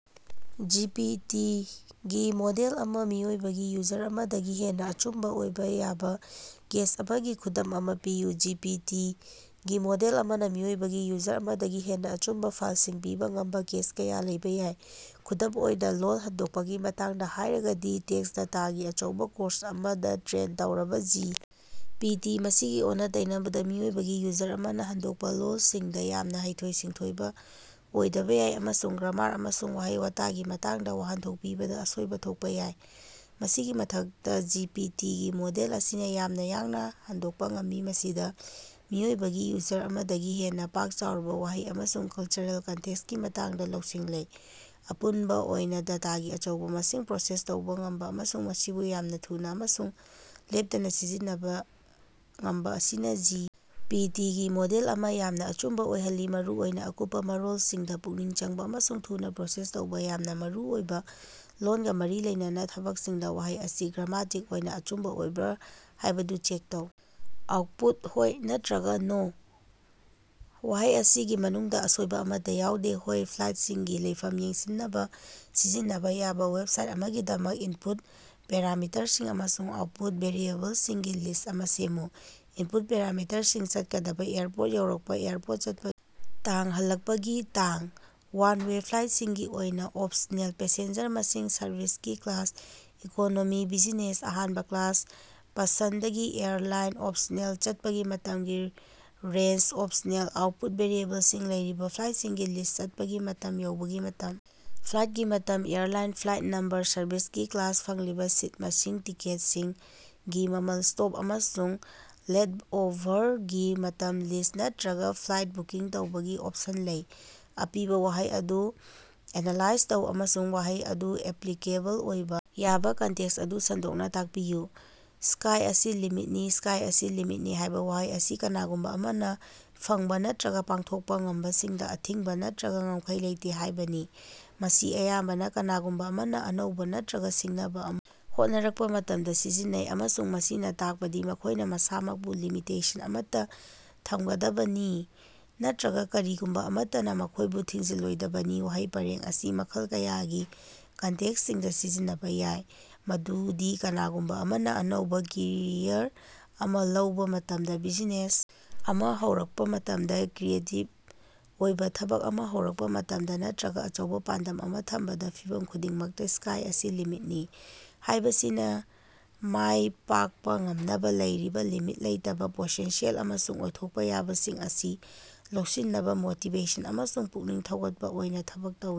G. P. T. ꯒꯤ model ꯑꯃꯅ ꯃꯤꯑꯣꯏꯕꯒꯤ ꯌꯨꯖꯔ ꯑꯃꯗꯒꯤ ꯍꯦꯟꯅꯥ ꯑꯆꯨꯝꯕ ꯑꯣꯏꯕ ꯌꯥꯕ ꯀꯦꯁ ꯑꯃꯒꯤ ꯈꯨꯗꯝ ꯑꯃ ꯄꯤꯌꯨ꯫ ꯖꯤ. ꯄꯤ. ꯇꯤ. ꯒꯤ ꯃꯣꯗꯦꯜ ꯑꯃꯅ ꯃꯤꯑꯣꯏꯕꯒꯤ ꯌꯨꯖꯔ ꯑꯃꯗꯒꯤ ꯍꯦꯟꯅ ꯑꯆꯨꯝꯕꯥ ꯐꯥꯏꯂꯁꯤꯡ ꯄꯤꯕ ꯉꯝꯕꯥ ꯀꯦꯁ ꯀꯌꯥ ꯂꯩꯕ ꯌꯥꯏ꯫ ꯈꯨꯗꯝ ꯑꯣꯏꯅ, ꯂꯣꯜ ꯍꯟꯗꯣꯛꯄꯒꯤ ꯃꯇꯥꯡꯗ ꯍꯥꯏꯔꯒꯗꯤ, ꯇꯦꯛꯁ ꯗꯇꯥꯒꯤ ꯑꯆꯧꯕ ꯀꯣꯔꯁ ꯑꯃꯗ ꯇ꯭ꯔꯦꯟ ꯇꯧꯔꯕ ꯖꯤ. ꯄꯤ. ꯇꯤ. ꯃꯁꯤꯒꯤ ꯑꯣꯟꯅ-ꯇꯩꯅꯕꯗ, ꯃꯤꯑꯣꯏꯕꯒꯤ ꯌꯨꯖꯔ ꯑꯃꯅ ꯍꯟꯗꯣꯛꯄꯥ ꯂꯣꯜꯁꯤꯡꯗ ꯌꯥꯝꯅ ꯍꯩꯊꯣꯏ-ꯁꯤꯡꯊꯣꯏꯕ ꯑꯣꯏꯗꯕ ꯌꯥꯏ ꯑꯃꯁꯨꯡ ꯒ꯭ꯔꯃꯥꯔ ꯑꯃꯁꯨꯡ ꯋꯥꯍꯩ ꯋꯥꯇꯒꯤ ꯃꯇꯥꯡꯗ ꯋꯥꯍꯟꯊꯣꯛ ꯄꯤꯕꯗꯥ ꯑꯁꯣꯏꯕꯥ ꯊꯣꯛꯄꯥ ꯌꯥꯏ꯫ ꯃꯁꯤꯒꯤ ꯃꯊꯛꯇꯥ, ꯖꯤ. ꯄꯤ. ꯇꯤ. ꯒꯤ ꯃꯣꯗꯦꯜ ꯑꯁꯤꯅ ꯌꯥꯝꯅ ꯌꯥꯡꯅ ꯍꯟꯗꯣꯛꯄ ꯉꯝꯃꯤ, ꯃꯁꯤꯗ ꯃꯤꯑꯣꯏꯕꯒꯤ ꯌꯨꯖꯔ ꯑꯃꯗꯒꯤ ꯍꯦꯟꯅꯥ ꯄꯥꯛ ꯆꯥꯎꯔꯕ ꯋꯥꯍꯩ ꯑꯃꯁꯨꯡ ꯀꯜꯆꯔꯦꯜ ꯀꯟꯇꯦꯛꯁꯀꯤ ꯃꯇꯥꯡꯗ ꯂꯧꯁꯤꯡ ꯂꯩ꯫ ꯑꯄꯨꯟꯕꯥ ꯑꯣꯏꯅ, ꯗꯇꯥꯒꯤ ꯑꯆꯧꯕ ꯃꯁꯤꯡ ꯄ꯭ꯔꯣꯁꯦꯁ ꯇꯧꯕ ꯉꯝꯕꯥ, ꯑꯃꯁꯨꯡ ꯃꯁꯤꯕꯨ ꯌꯥꯝꯅ ꯊꯨꯅꯥ ꯑꯃꯁꯨꯡ ꯂꯦꯞꯇꯅꯥ ꯁꯤꯖꯤꯟꯅꯕꯥ ꯉꯝꯕꯥ ꯑꯁꯤꯅ ꯖꯤ. ꯄꯤ. ꯇꯤ. ꯒꯤ ꯃꯣꯗꯦꯜ ꯑꯃ ꯌꯥꯝꯅ ꯑꯆꯨꯝꯕꯥ ꯑꯣꯏꯍꯜꯂꯤ, ꯃꯔꯨꯑꯣꯏꯅ ꯑꯀꯨꯞꯄꯥ ꯃꯔꯣꯜꯁꯤꯡꯗ ꯄꯨꯛꯅꯤꯡ ꯆꯪꯕ ꯑꯃꯁꯨꯡ ꯊꯨꯅ ꯄ꯭ꯔꯣꯁꯦꯁ ꯇꯧꯕ ꯌꯥꯝꯅ ꯃꯔꯨ ꯑꯣꯏꯕ ꯂꯣꯟꯒꯥ ꯃꯔꯤ ꯂꯩꯅꯕ ꯊꯕꯛꯁꯤꯡꯗ꯫ ꯋꯥꯍꯩ ꯑꯁꯤ ꯒ꯭ꯔꯥꯃꯇꯤꯛ ꯑꯣꯏꯅ ꯑꯆꯨꯝꯕꯥ ꯑꯣꯏꯕ꯭ꯔꯥ ꯍꯥꯏꯕꯗꯨ ꯆꯦꯛ ꯇꯧ꯫ ꯑꯥꯎꯠꯄꯨꯠ ꯍꯣꯏ ꯅꯠꯇꯔꯒ ꯅꯣ꯫ ꯋꯥꯍꯩ ꯑꯁꯤꯒꯤ ꯃꯅꯨꯡꯗꯥ ꯑꯁꯣꯏꯕ ꯑꯃꯠꯇꯥ ꯌꯥꯎꯗꯦ꯫ ꯍꯣꯏ ꯐ꯭ꯂꯥꯏꯠꯁꯤꯡꯒꯤ ꯂꯩꯐꯝ ꯌꯦꯡꯁꯤꯟꯅꯕꯥ ꯁꯤꯖꯤꯟꯅꯕꯥ ꯌꯥꯕ ꯋꯦꯕꯁꯥꯏꯠ ꯑꯃꯒꯤꯗꯃꯛ ꯏꯟꯄꯨꯠ ꯄꯦꯔꯥꯃꯤꯇꯔꯁꯤꯡ ꯑꯃꯁꯨꯡ ꯑꯥꯎꯠꯄꯨꯠ ꯚꯦꯔꯤꯑꯦꯕꯜꯁꯤꯡꯒꯤ ꯂꯤꯁ ꯑꯃ ꯁꯦꯝꯃꯨ꯫ ꯏꯟꯄꯨꯠ ꯄꯦꯔꯥꯃꯤꯇꯔꯁꯤꯡ: ꯆꯠꯀꯗꯕꯥ ꯑꯦꯌꯔꯄꯣꯔꯠ ꯌꯧꯔꯛꯄꯥ ꯑꯦꯌꯔꯄꯣꯔꯠ ꯆꯠꯄꯒꯤ ꯇꯥꯡ ꯍꯜꯂꯛꯄꯒꯤ ꯇꯥꯡ (ꯋꯥꯟ ꯋꯦ ꯐ꯭ꯂꯥꯏꯠꯁꯤꯡꯒꯤ ꯑꯣꯏꯅ ꯑꯣꯞꯁꯅꯦꯜ) ꯄꯦꯁꯦꯟꯖꯔ ꯃꯁꯤꯡ ꯁꯔꯚꯤꯁꯀꯤ ꯀ꯭ꯂꯥꯁ (ꯏꯀꯣꯅꯣꯃꯤ, ꯕꯤꯖꯤꯅꯦꯁ, ꯑꯍꯥꯟꯕ ꯀ꯭ꯂꯥꯁ) ꯄꯁꯟꯗꯒꯤ ꯑꯦꯌꯔꯂꯥꯏꯟ (ꯑꯣꯞꯁꯅꯦꯜ) ꯆꯠꯄꯒꯤ ꯃꯇꯝꯒꯤ ꯔꯦꯟꯖ ( ꯑꯣꯞꯁꯅꯦꯜ) ꯑꯥꯎꯠꯄꯨꯠ ꯚꯦꯔꯤꯑꯦꯕꯜꯁꯤꯡ: ꯂꯩꯔꯤꯕ ꯐ꯭ꯂꯥꯏꯠꯁꯤꯡꯒꯤ ꯂꯤꯁ꯭ ꯆꯠꯄꯒꯤ ꯃꯇꯝ ꯌꯧꯕꯒꯤ ꯃꯇꯝ ꯐ꯭ꯂꯥꯏꯠꯀꯤ ꯃꯇꯝ ꯑꯦꯌꯔꯂꯥꯏꯟ ꯐ꯭ꯂꯥꯏꯠ ꯅꯝꯕꯔ ꯁꯔꯚꯤꯁꯀꯤ ꯀ꯭ꯂꯥꯁ ꯐꯪꯂꯤꯕ ꯁꯤꯠ ꯃꯁꯤꯡ ꯇꯤꯀꯦꯠ(ꯁꯤꯡ)ꯒꯤ ꯃꯃꯜ ꯁ꯭ꯇꯣꯞ ꯑꯃꯁꯨꯡ ꯂꯦꯠꯑꯣꯚꯔꯒꯤ ꯃꯇꯝ ꯂꯤꯁ ꯅꯠꯇꯔꯒ ꯐ꯭ꯂꯥꯏꯠ ꯕꯨꯀꯤꯡ ꯇꯧꯕꯒꯤ ꯑꯣꯞꯁꯟ ꯂꯩ꯫ ꯑꯄꯤꯕ ꯋꯥꯍꯩ ꯑꯗꯨ ꯑꯦꯅꯥꯂꯥꯏꯖ ꯇꯧ ꯑꯃꯁꯨꯡ ꯋꯥꯍꯩ ꯑꯗꯨ ꯑꯦꯄꯂꯤꯀꯦꯕꯜ ꯑꯣꯏꯕ ꯌꯥꯕ ꯀꯟꯇꯦꯛꯁ ꯑꯗꯨ ꯁꯟꯗꯣꯛꯅ ꯇꯥꯛꯄꯤꯌꯨ꯫ "ꯁ꯭ꯀꯥꯏ ꯑꯁꯤ ꯂꯤꯃꯤꯠꯅꯤ"꯫ "ꯁ꯭ꯀꯥꯏ ꯑꯁꯤ ꯂꯤꯃꯤꯠꯅꯤ" ꯍꯥꯏꯕ ꯋꯥꯍꯩ ꯑꯁꯤ ꯀꯅꯥꯒꯨꯝꯕ ꯑꯃꯅ ꯐꯪꯕ ꯅꯠꯇꯔꯒ ꯄꯥꯡꯊꯣꯛꯄ ꯉꯝꯕꯁꯤꯡꯗ ꯑꯊꯤꯡꯕ ꯅꯠꯇꯔꯒ ꯉꯝꯈꯩ ꯂꯩꯇꯦ ꯍꯥꯏꯕꯅꯤ꯫ ꯃꯁꯤ ꯑꯌꯥꯝꯕꯅ ꯀꯅꯥꯒꯨꯝꯕ ꯑꯃꯅ ꯑꯅꯧꯕ ꯅꯠꯇꯔꯒ ꯁꯤꯡꯅꯕ ꯑꯃ ꯍꯣꯠꯅꯔꯛꯄ ꯃꯇꯝꯗ ꯁꯤꯖꯤꯟꯅꯩ, ꯑꯃꯁꯨꯡ ꯃꯁꯤꯅ ꯇꯥꯛꯄꯗꯤ ꯃꯈꯣꯏꯅꯥ ꯃꯁꯥꯃꯛꯄꯨ ꯂꯤꯃꯤꯇꯦꯁꯟ ꯑꯃꯠꯇꯥ ꯊꯝꯒꯗꯕꯅꯤ ꯅꯠꯇꯔꯒꯥ ꯀꯔꯤꯒꯨꯝꯕ ꯑꯃꯠꯇꯅꯥ ꯃꯈꯣꯏꯕꯨ ꯊꯤꯡꯖꯤꯜꯂꯣꯏꯗꯕꯅꯤ꯫ ꯋꯥꯍꯩ ꯄꯔꯦꯡ ꯑꯁꯤ ꯃꯈꯜ ꯀꯌꯥꯒꯤ ꯀꯟꯇꯦꯛꯁꯁꯤꯡꯗ ꯁꯤꯖꯤꯟꯅꯕ ꯌꯥꯏ, ꯃꯗꯨꯗꯤ ꯀꯅꯥꯒꯨꯝꯕ ꯑꯃꯅ ꯑꯅꯧꯕ ꯀꯦꯔꯤꯌꯔ ꯑꯃ ꯂꯧꯕ ꯃꯇꯝꯗꯥ, ꯕꯤꯖꯤꯅꯦꯁ ꯑꯃ ꯍꯧꯔꯛꯄ ꯃꯇꯝꯗ, ꯀ꯭ꯔꯤꯌꯦꯇꯤꯕ ꯑꯣꯏꯕ ꯊꯕꯛ ꯑꯃ ꯍꯧꯔꯛꯄꯥ ꯃꯇꯝꯗ ꯅꯠꯇꯔꯒ ꯑꯆꯧꯕ ꯄꯥꯟꯗꯝ ꯑꯃꯥ ꯊꯝꯕꯗꯥ꯫ ꯐꯤꯚꯝ ꯈꯨꯗꯤꯡꯃꯛꯇꯥ "ꯁ꯭ꯀꯥꯏ ꯑꯁꯤ ꯂꯤꯃꯤꯠꯅꯤ" ꯍꯥꯏꯕꯁꯤꯅꯥ ꯃꯥꯏ ꯄꯥꯛꯄꯥ ꯉꯝꯅꯕꯥ ꯂꯩꯔꯤꯕꯥ ꯂꯤꯃꯤꯠ ꯂꯩꯇꯕ ꯄꯣꯇꯦꯟꯁꯤꯌꯦꯜ ꯑꯃꯁꯨꯡ ꯑꯣꯏꯊꯣꯛꯄ ꯌꯥꯕꯁꯤꯡ ꯑꯁꯤ ꯂꯧꯁꯤꯟꯅꯕ ꯃꯣꯇꯤꯕꯦꯁꯟ ꯑꯃꯁꯨꯡ ꯄꯨꯛꯅꯤꯡ ꯊꯧꯒꯠꯄ ꯑꯣꯏꯅ ꯊꯕꯛ ꯇꯧꯏ꯫